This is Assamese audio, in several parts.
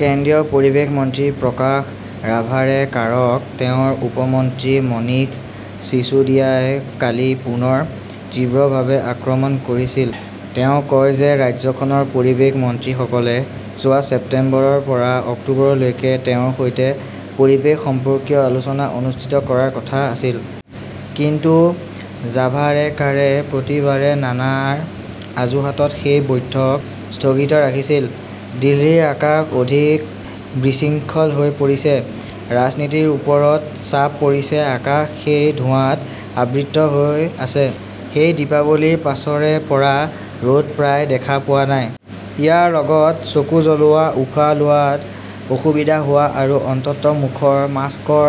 কেন্দ্ৰীয় পৰিৱেশ মন্ত্ৰী প্ৰকাশ ৰাভাৰেকাৰক তেওঁৰ উপ-মন্ত্ৰী মনীষ চিচুডিয়াই কালি পুনৰ তীব্ৰভাৱে আক্ৰমণ কৰিছিল। তেওঁ কয় যে ৰাজ্যখনৰ পৰিৱেশ মন্ত্ৰীসকলে যোৱা ছেপ্টেম্বৰৰ পৰা অক্টোবৰলৈকে তেওঁৰ সৈতে পৰিৱেশ সম্পৰ্কীয় আলোচনা অনুষ্ঠিত কৰাৰ কথা আছিল। কিন্তু জাভাৰেকাৰে প্ৰতিবাৰে নানাৰ আজুহাতত সেই বৈঠক স্থগিত ৰাখিছিল। দিল্লীৰ আকাশ অধিক বিশৃংখল হৈ পৰিছে, ৰাজনীতিৰ ওপৰত চাপ পৰিছে আকাশ সেই ধোঁৱাত আবৃত হৈ আছে। সেই দীপাৱলীৰ পিছৰে পৰা ৰ'দ প্ৰায় দেখা পোৱা নাই। ইয়াৰ লগত চকু জ্বলোৱা, উশাহ লোৱাত অসুবিধা হোৱা আৰু অন্ততঃ মুখৰ মাস্কৰ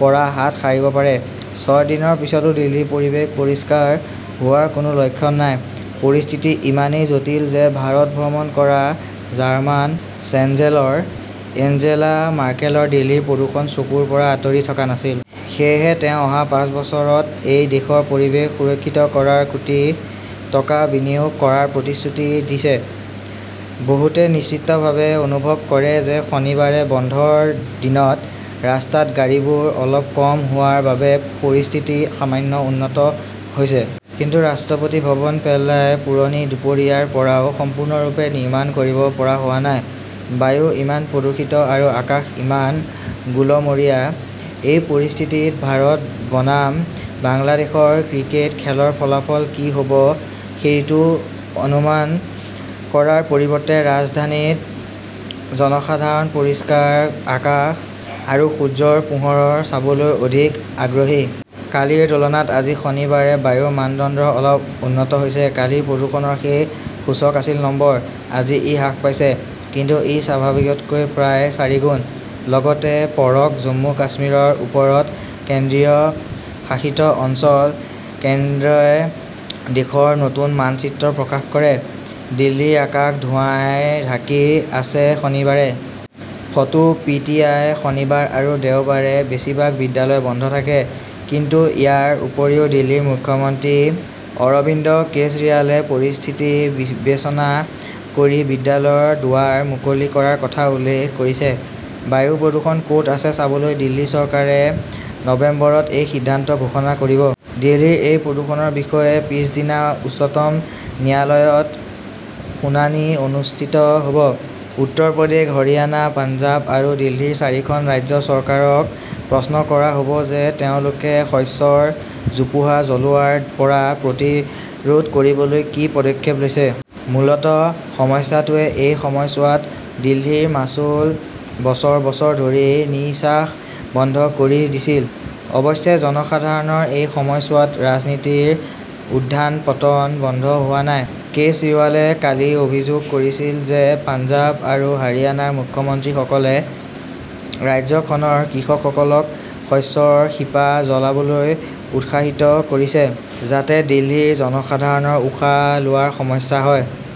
পৰা হাত সাৰিব পাৰে। ছয় দিনৰ পিছতো দিল্লীৰ পৰিবেশ পৰিষ্কাৰ হোৱাৰ কোনো লক্ষণ নাই। পৰিস্থিতি ইমানেই জটিল যে ভাৰত ভ্ৰমণ কৰা জাৰ্মান চেঞ্চেলৰ এঙ্গেলা মাৰ্কেলৰ দিল্লীৰ প্ৰদূষণ চকুৰ পৰা আঁতৰি থকা নাছিল। সেয়েহে তেওঁ অহা পাঁচ বছৰত এই দেশৰ পৰিৱেশ সুৰক্ষিত কৰাত কোটি টকা বিনিয়োগ কৰাৰ প্ৰতিশ্ৰুতি দিছে। বহুতে নিশ্চিতভাৱে অনুভৱ কৰে যে শনিবাৰে বন্ধৰ দিনত ৰাস্তাত গাড়ীবোৰ অলপ কম হোৱাৰ বাবে পৰিস্থিতি সামান্য উন্নত হৈছে। কিন্তু ৰাষ্ট্ৰপতি ভৱন পেল্লাই পুৰণি দুপৰীয়াৰ পৰাও সম্পূৰ্ণৰূপে নিৰ্মাণ কৰিব পৰা হোৱা নাই। বায়ু ইমান প্ৰদূষিত আৰু আকাশ ইমান গোলমৰীয়া। এই পৰিস্থিতিত ভাৰত বনাম বাংলাদেশৰ ক্ৰিকেট খেলৰ ফলাফল কি হ'ব সেইটো অনুমান কৰাৰ পৰিৱৰ্তে ৰাজধানীৰ জনসাধাৰণ পৰিষ্কাৰ আকাশ আৰু সূৰ্যৰ পোহৰ চাবলৈ অধিক আগ্ৰহী। কালিৰ তুলনাত আজি শনিবাৰে বায়ুৰ মানদণ্ড অলপ উন্নত হৈছে। কালি প্ৰদূষণৰ সেই সূচক আছিল নম্বৰ। আজি ই হ্ৰাস পাইছে। কিন্তু ই স্বাভাৱিকতকৈ প্ৰায় চাৰিগুণ। লগতে পঢ়ক জম্মু-কাশ্মীৰৰ ওপৰত কেন্দ্ৰীয় শাসিত অঞ্চল, কেন্দ্ৰই দেশৰ নতুন মানচিত্ৰ প্ৰকাশ কৰে, দিল্লীৰ আকাশ ধোঁৱাই ঢাকি আছে শনিবাৰে। Photo P. টি. আই. শনিবাৰ আৰু দেওবাৰে বেছিভাগ বিদ্যালয় বন্ধ থাকে। কিন্তু ইয়াৰ উপৰিও দিল্লীৰ মুখ্যমন্ত্ৰী অৰবিন্দ কেজৰিৱালে পৰিস্থিতি বিবেচনা কৰি বিদ্যালয়ৰ দুৱাৰ মুকলি কৰাৰ কথা উল্লেখ কৰিছে। বায়ু প্ৰদূষণ ক'ত আছে চাবলৈ দিল্লী চৰকাৰে নৱেম্বৰত এই সিদ্ধান্ত ঘোষণা কৰিব। দিল্লীৰ এই প্ৰদূষণৰ বিষয়ে পিছদিনা উচ্চতম ন্যায়ালয়ত শুনানি অনুষ্ঠিত হ'ব। উত্তৰ প্ৰদেশ, হৰিয়ানা, পঞ্জাৱ আৰু দিল্লীৰ চাৰিখন ৰাজ্য চৰকাৰক প্ৰশ্ন কৰা হ 'ব যে তেওঁলোকে শস্যৰ জোপোহা জ্বলোৱাৰ পৰা প্ৰতিৰোধ কৰিবলৈ কি পদক্ষেপ লৈছে। মূলতঃ সমস্যাটোৱে এই সময়ছোৱাত দিল্লীৰ মাচুল বছৰ বছৰ ধৰি নিঃশ্বাস বন্ধ কৰি দিছিল। অৱশ্যে জনসাধাৰণৰ এই সময়ছোৱাত ৰাজনীতিৰ উত্থান-পতন বন্ধ হোৱা নাই। কেজৰিৱালে কালি অভিযোগ কৰিছিল যে পঞ্জাৱ আৰু হাৰিয়ানাৰ মুখ্যমন্ত্ৰীসকলে ৰাজ্যখনৰ কৃষকসকলক শস্যৰ শিপা জ্বলাইবলৈ উৎসাহিত কৰিছে। যাতে দিল্লীৰ জনসাধাৰণৰ উশাহ লোৱাৰ সমস্যা হয়।